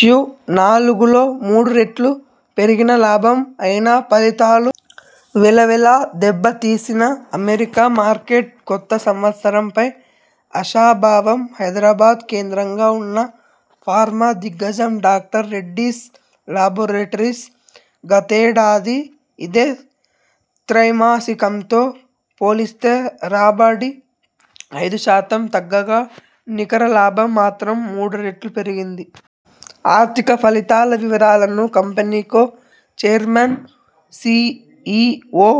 Q నాలుగులో మూడు రెట్లు పెరిగిన లాభం అయినా ఫలితాలు వెలవెల దెబ్బతీసిన అమెరికా మార్కెట్ కొత్త సంవత్సరం పై ఆశాభావం హైదరాబాద్ కేంద్రంగా ఉన్న ఫార్మా దిగ్గజం డాక్టర్ రెడ్డీస్ లాబొరెటరీస్ గతేడాది ఇదే త్రైమాసికంతో పోలిస్తే రాబడి ఐదు శాతం తగ్గగా నికర లాభం మాత్రం మూడురెట్లు పెరిగింది. ఆర్థిక ఫలితాల వివరాలను company co chairman, CEO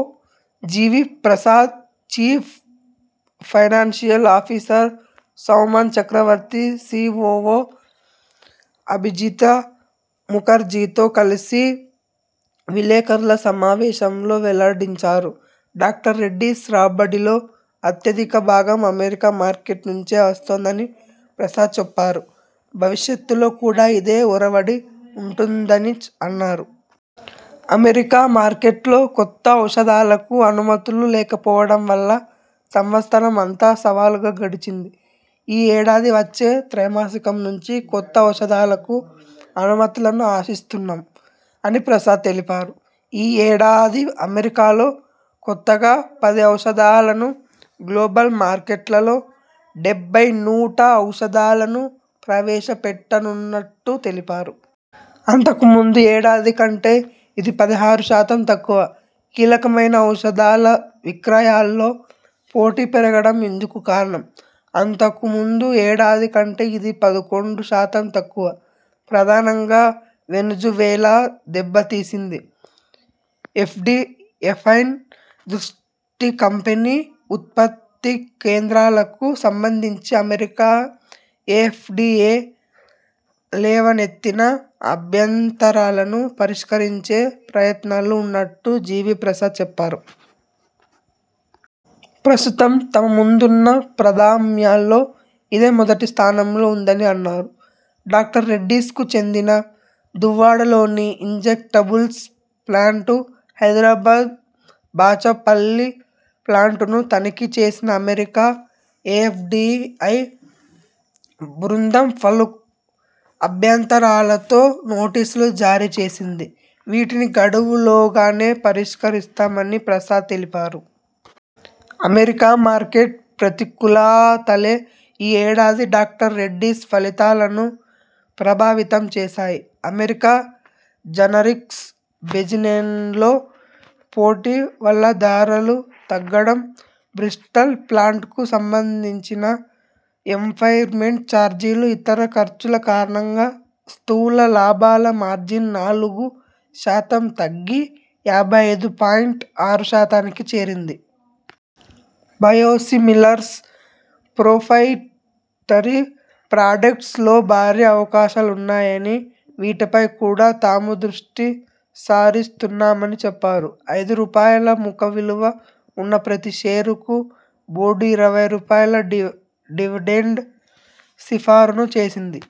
GV Prasad, chief financial officer Soumen Chakraborty, COO Abhijit ముఖర్జీతో కలిసి విలేకరుల సమావేశంలో వెల్లడించారు. డాక్టర్ రెడ్డీస్ రాబడిలో అత్యధిక భాగం అమెరికా మార్కెట్ నుంచే వస్తోందని ప్రసాద్ చెప్పారు. భవిష్యత్తులో కూడా ఇదే ఒరవడి ఉంటుందని అన్నారు. అమెరికా మార్కెట్లో కొత్త ఔషధాలకు అనుమతులు లేకపోవడం వల్ల సంవత్సరం అంతా సవాలుగా గడిచింది. ఈ ఏడాది వచ్చే త్రైమాసికం నుంచి కొత్త ఔషధాలకు అనుమతులను అశిస్తున్నాం'' అని ప్రసాద్ తెలిపారు. ఈ ఏడాది అమెరికాలో కొత్తగా పది ఔషధాలను, గ్లోబల్ మార్కెట్లలో డెబ్బై నూట ఔషధాలను ప్రవేశపెట్టనున్నట్టు తెలిపారు. అంతకుముందు ఏడాది కంటే ఇది పదహారు శాతం తక్కువ. కీలకమైన ఔషధాల విక్రయాల్లో పోటీ పెరగడం ఇందుకు కారణం. అంతుకుముందు ఏడాది కంటే ఇది పదకొండు శాతం తక్కువ. ప్రధానంగా వెనెజువెలా దెబ్బతీసింది. ఎఫ్డిఎపైనే దృష్టికంపెనీ ఉత్పత్తికేంద్రాలకు సంబంధించి అమెరికా ఎఫ్డిఎ లేవనెత్తిన అభ్యంతరాలను పరిష్కరించే ప్రయత్నాల్లో ఉన్నట్టు జివి ప్రసాద్ చెప్పారు. ప్రస్తుతం తమ ముందున ప్రాధామ్యాల్లో ఇదే మొదటి స్థానంలో ఉందని అన్నారు. డాక్టర్ రెడ్డీస్ కు చెందిన దువ్వాడలోని ఇంజెక్టబుల్స్ ప్లాంటు, హైదరాబాద్ బాచుపల్లి ప్లాంటును తనిఖీ చేసిన అమెరికా ఎఫ్డిఐ బృందం పలు అభ్యంతరాలతో నోటీసులు జారీ చేసింది. వీటిని గడువులోగానే పరిష్కరిస్తామని ప్రసాద్ తెలిపారు. అమెరికా మార్కెట్ ప్రతికూలతలే ఈ ఏడాది డాక్టర్ రెడ్డీస్ ఫలితాలను ప్రభావితం చేశాయి. అమెరికా జనరిక్స్ బిజినెన్లో పోటీ వల్ల ధరలు తగ్గడం, బ్రిస్టల్ ప్లాంట్ కు సంబంధించిన ఇంపైర్మెంట్ చార్జీలు, ఇతర ఖర్చుల కారణంగా స్థూల లాభాల మార్జిన్ నాలుగు శాతం తగ్గి యాభై ఐదు పాయింట్ ఆరు శాతానికి చేరింది. బయోసిమిలర్స్, ప్రొప్రైటరీ ప్రాడక్ట్స్ లో భారీ అవకాశాలున్నాయనీ వీటిపై కూడా తాము దృష్టి సారిస్తున్నామని చెప్పారు. ఐదు రూపాయల ముఖ విలువ ఉన్న ప్రతి షేరుకు బోర్డు ఇరవై రూపాయల డివిడెండ్ సిఫారసు చేసింది.